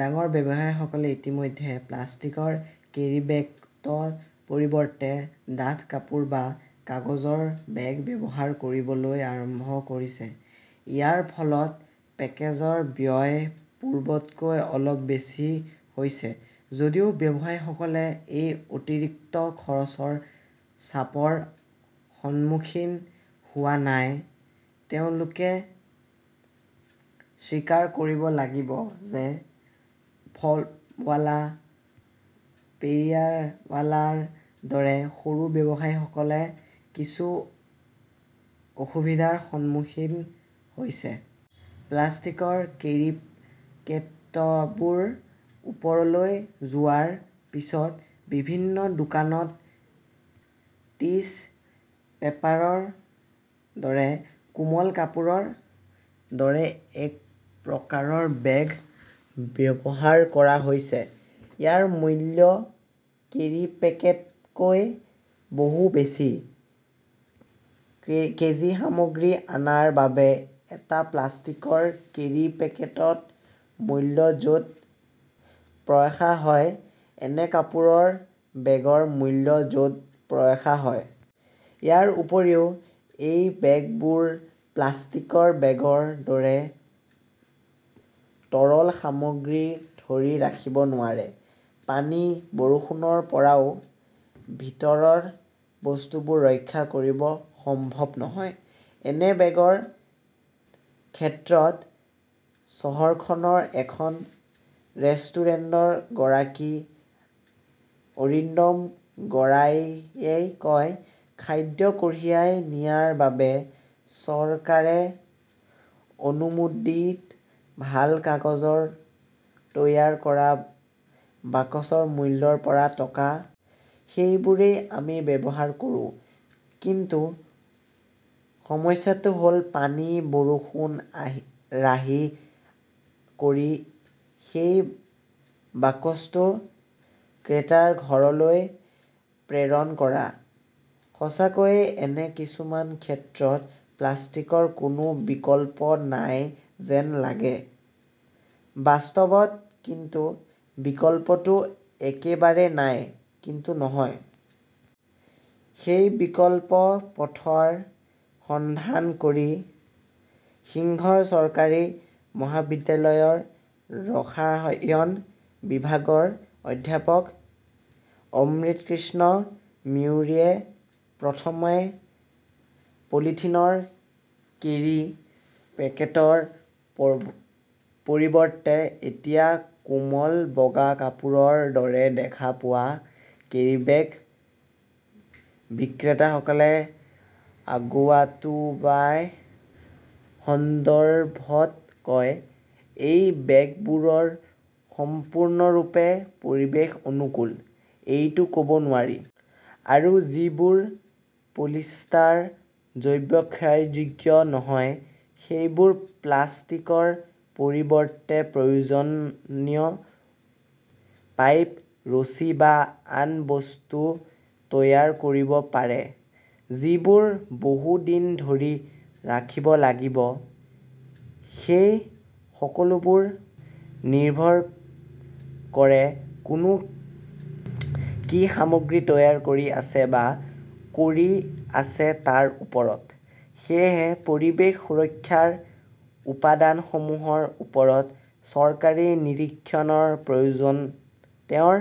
ডাঙৰ ব্যৱসায়ীসকলে ইতিমধ্যে প্লাষ্টিকৰ কেৰিপকেটৰ পৰিৱৰ্তে ডাঠ কাপোৰ বা কাগজৰ বেগ ব্যৱহাৰ কৰিবলৈ আৰম্ভ কৰিছে। ইয়াৰ ফলত পেকেজৰ ব্যয় পূৰ্বতকৈ অলপ বেছি হৈছে। যদিও ব্যৱসায়ীসকলে এই অতিৰিক্ত খৰচৰ চাপৰ সন্মুখীন হোৱা নাই, তেওঁলোকে স্বীকাৰ কৰিব লাগিব যে ফুলৱালা, পেয়াৰাৱালাৰ দৰে সৰু ব্যৱসায়ীসকলে কিছু অসুবিধাৰ সন্মুখীন হৈছে। প্লাষ্টিকৰ কেৰিপকেটবোৰ ওপৰলৈ যোৱাৰ পিছত বিভিন্ন দোকানত টিছ পেপাৰৰ দৰে কোমল কাপোৰৰ দৰে এক প্ৰকাৰৰ বেগ ব্যৱহাৰ কৰা হৈছে। যাৰ মূল্য কেৰী পেকেটতকৈ বহু বেছি। কেজি সামগ্ৰী অনাৰ বাবে এটা প্লাষ্টিকৰ কেৰী পেকেটৰ মূল্য য 'ত পয়সা হয়, এনে কাপোৰৰ বেগৰ মূল্য য' ত পয়সা হয়। ইয়াৰ উপৰিও, এই বেগবোৰে প্লাষ্টিকৰ বেগৰ দৰে তৰল সামগ্ৰী ধৰি ৰাখিব নোৱাৰে। পানী, বৰষুণৰ পৰাও ভিতৰৰ বস্তুবোৰ ৰক্ষা কৰাটো সম্ভৱ নহয়, এনে বেগৰ ক্ষেত্ৰত। চহৰখনৰ এখন ৰেষ্টুৰেণ্টৰ গৰাকী অৰিন্দাম গোৰাইয়ে কয়, "খাদ্য কঢ়িয়াই নিয়াৰ বাবে চৰকাৰে অনুমোদিত ভাল কাগজত তৈয়াৰ কৰা বাকচৰ মূল্য ৰ পৰা টকা। সেইটোৱেই আমি ব্যৱহাৰ কৰোঁ। কিন্তু সমস্যাটো হ "ল পানী, বৰষুণ ৰাহি কৰি সেই বাকচটো ক্ৰেতাৰ ঘৰলৈ প্ৰেৰণ কৰা। সঁচাকৈয়ে এনে কিছুমান ক্ষেত্ৰত প্লাষ্টিকৰ কোনো বিকল্প নাই যেন লাগে। "বাস্তৱত কিন্তু বিকল্পটো একেবাৰে নাই, কিন্তু নহয়। সেই বিকল্প পথৰ সন্ধান কৰি, ছিংগুৰ চৰকাৰী মহাবিদ্যালয়ৰ ৰসায়ন বিভাগৰ অধ্যাপক অমৃতকৃষ্ণ মিত্তৰে প্ৰথমে পলিথিনৰ কেৰী পেকেটৰ পৰিৱৰ্তে এতিয়া কোমল বগা কাপোৰৰ দৰে দেখা পোৱা কেৰীবেগ বিক্ৰেতাসকলে আগবঢ়োৱাৰ সন্দৰ্ভত কয়, "এই বেগবোৰো সম্পূৰ্ণৰূপে পৰিৱেশ-অনুকূল, এইটো ক" ব নোৱাৰি। আৰু যিবোৰ পলিষ্টাৰ জৈৱ-ক্ষয়যোগ্য নহয় সেইবোৰে প্লাষ্টিকৰ পৰিৱৰ্তে প্ৰয়োজনীয় পাইপ, ৰছী বা আন বস্তু তৈয়াৰ কৰিব পাৰে যিবোৰ বহু দিন ধৰি ৰাখিব লাগিব। এই সকলোবোৰ নিৰ্ভৰ কৰে কোনে কি সামগ্ৰী তৈয়াৰ কৰি আছে বা কৰি আছে তাৰ ওপৰত। সেয়েহে পৰিৱেশ সুৰক্ষাৰ উপাদানসমূহৰ ওপৰত চৰকাৰী নিৰীক্ষণৰ প্ৰয়োজন। তেওঁৰ